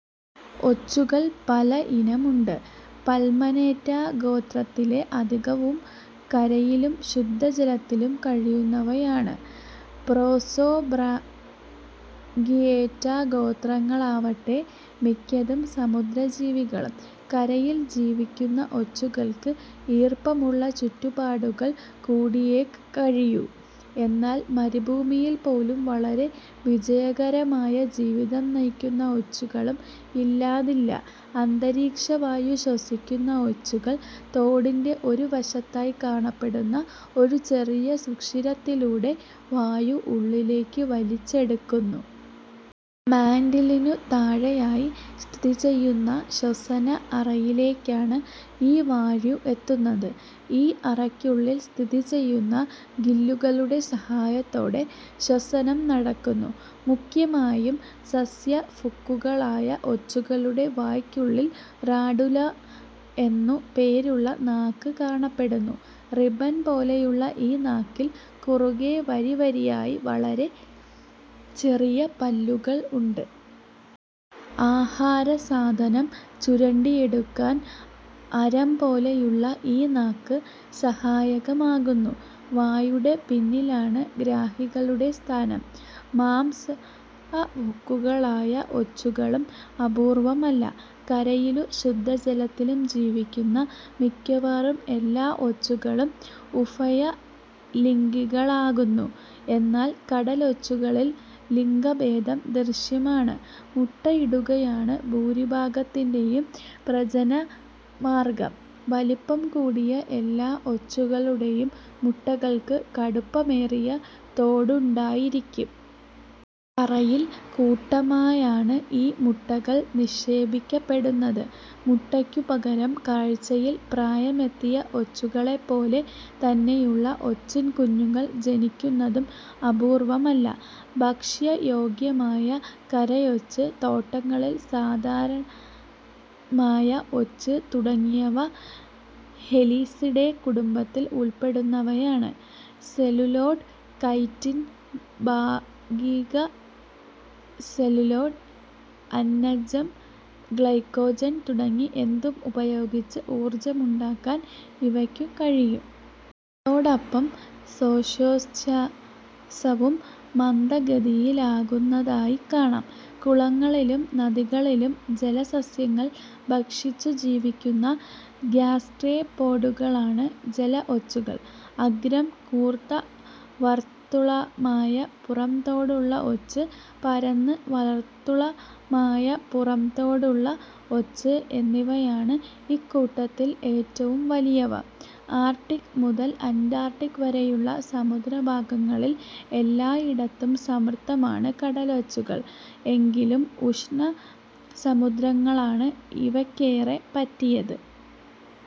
ഒച്ചുകൾ പലയിനമുണ്ട്; പൾമനേറ്റ ഗോത്രത്തിലെ അധികവും കരയിലും ശുദ്ധജലത്തിലും കഴിയുന്നവയാണ്; പ്രോസോബ്രാങ്കിയേറ്റ ഗോത്രങ്ങളാവട്ടെ മിക്കതും സമുദ്രജീവികളും. കരയിൽ ജീവിക്കുന്ന ഒച്ചുകൾക്ക് ഈർപ്പമുള്ള ചുറ്റുപാടുകൾ കൂടിയേകഴിയൂ. എന്നാൽ മരുഭൂമിയിൽ പോലും വളരെ വിജയകരമായ ജീവിതം നയിക്കുന്ന ഒച്ചുകളും ഇല്ലാതില്ല. അന്തരീക്ഷവായൂ ശ്വസിക്കുന്ന ഒച്ചുകൾ തോടിന്റെ ഒരുവശത്തായി കാണപ്പെടുന്ന ഒരു ചെറിയ സുഷിരത്തിലൂടെ വായൂ ഉള്ളിലേക്കു വലിച്ചെടുക്കുന്നു. മാന്റിലിനു താഴെയായി സ്ഥിതിചെയ്യുന്ന ശ്വസന-അറ യിലേക്കാണ് ഈ വായൂ എത്തുന്നത്. ഈ അറയ്ക്കുള്ളിൽ സ്ഥ്തിചെയ്യുന്ന ഗില്ലുകളുടെ സഹായത്തോടെ ശ്വസനം നടക്കുന്നു. മുഖ്യമായും സസ്യഭുക്കുകളായ ഒച്ചുകളുടെ വായ്ക്കുള്ളിൽ റാഡുല എന്നു പേരുള്ള നാക്ക് കാണപ്പെടുന്നു. റിബൺപോലെയുള്ള ഈ നാക്കിൽ, കുറുകെ, വരിവരിയായി വളരെ ചെറിയ പല്ലുകൾ ഉണ്ട്. ആഹാരസാധനം ചുരണ്ടിയെടുക്കാൻ അരംപോലെയുള്ള ഈ നാക്ക് സഹായകമാകുന്നു. വായുടെ പിന്നിലാണ് ഗ്രാഹികളുടെ സ്ഥാനം. മാംസഭുക്കുകളായ ഒച്ചുകളും അപൂർവമല്ല. കരയിലു ശുദ്ധജലത്തിലും ജീവിക്കുന്ന മിക്കവാറും എല്ലാ ഒച്ചുകളും ഉഭയലിങ്ഗികളാകുന്നു. എന്നാൽ കടൽ ഒച്ചുകളിൽ ലിങ്ഗഭേദം ദൃശ്യമാണ്. മുട്ട ഇടുകയാണ് ഭൂരിഭാഗത്തിന്റെയും പ്രജനനമാർഗം. വലിപ്പം കൂടിയ എല്ലാ ഒച്ചുകളുടെയും മുട്ടകൾക്ക് കടുപ്പമേറിയ തോടുണ്ടായിരിക്കും. തറയിൽ കൂട്ടമായാണ് ഈ മുട്ടകൾ നിക്ഷേപിക്കപ്പെടുന്നത്. മുട്ടയ്ക്കുപകരം, കാഴ്ചയിൽ പ്രായമെത്തിയ ഒച്ചുകളെ പോലെ തന്നെയുള്ള ഒച്ചിൻകുഞ്ഞുങ്ങൾ ജനിക്കുന്നതും അപൂർവമല്ല. ഭക്ഷ്യയോഗ്യമായ കരയൊച്ച്, തോട്ടങ്ങളിൽ സധാരണമായ ഒച്ച് തുടങ്ങിയവ ഹെലിസിഡേ കുടുംബത്തിൽ ഉൾപ്പെടുന്നവയാണ്. സെലുലോസ്, കൈറ്റിൻ, ഭാഗിക-സെലുലോസ്, അന്നജം, ഗ്ലൈക്കൊജൻ തുടങ്ങി എന്തും ഉപയോഗിച്ച് ഊർജമുണ്ടാക്കാൻ ഇവയ്ക്കു കഴിയും. ഇതോടൊപ്പം ശ്വാസോച്ഛ്വാസവും മന്ദഗതിയിലാകുന്നതായി കാണാം. കുളങ്ങളിലും നദികളിലും ജലസസ്യങ്ങൾ ഭക്ഷിച്ചു ജീവിക്കുന്ന ഗാസ്ട്രപ്പോഡുകളാണ് ജല-ഒച്ചുകൾ. അഗ്രം കൂർത്ത, വർത്തുളമായ പുറംതോടുള്ള ഒച്ച്, പരന്ന്, വർത്തുളമായ പുറംതോടുള്ള ഒച്ച് എന്നിവയാണ് ഇക്കൂട്ടത്തിൽ ഏറ്റവും വലിയവ. ആർട്ടിക് മുതൽ അന്റാർട്ടിക് വരെയുള്ള സമുദ്രഭാഗങ്ങളിൽ എല്ലായിടത്തും സമൃദ്ധമാണ് കടലൊച്ചുകൾ. എങ്കിലും ഉഷ്ണസമുദ്രങ്ങളാണ് ഇവയ്ക്കേറെ പറ്റിയത്.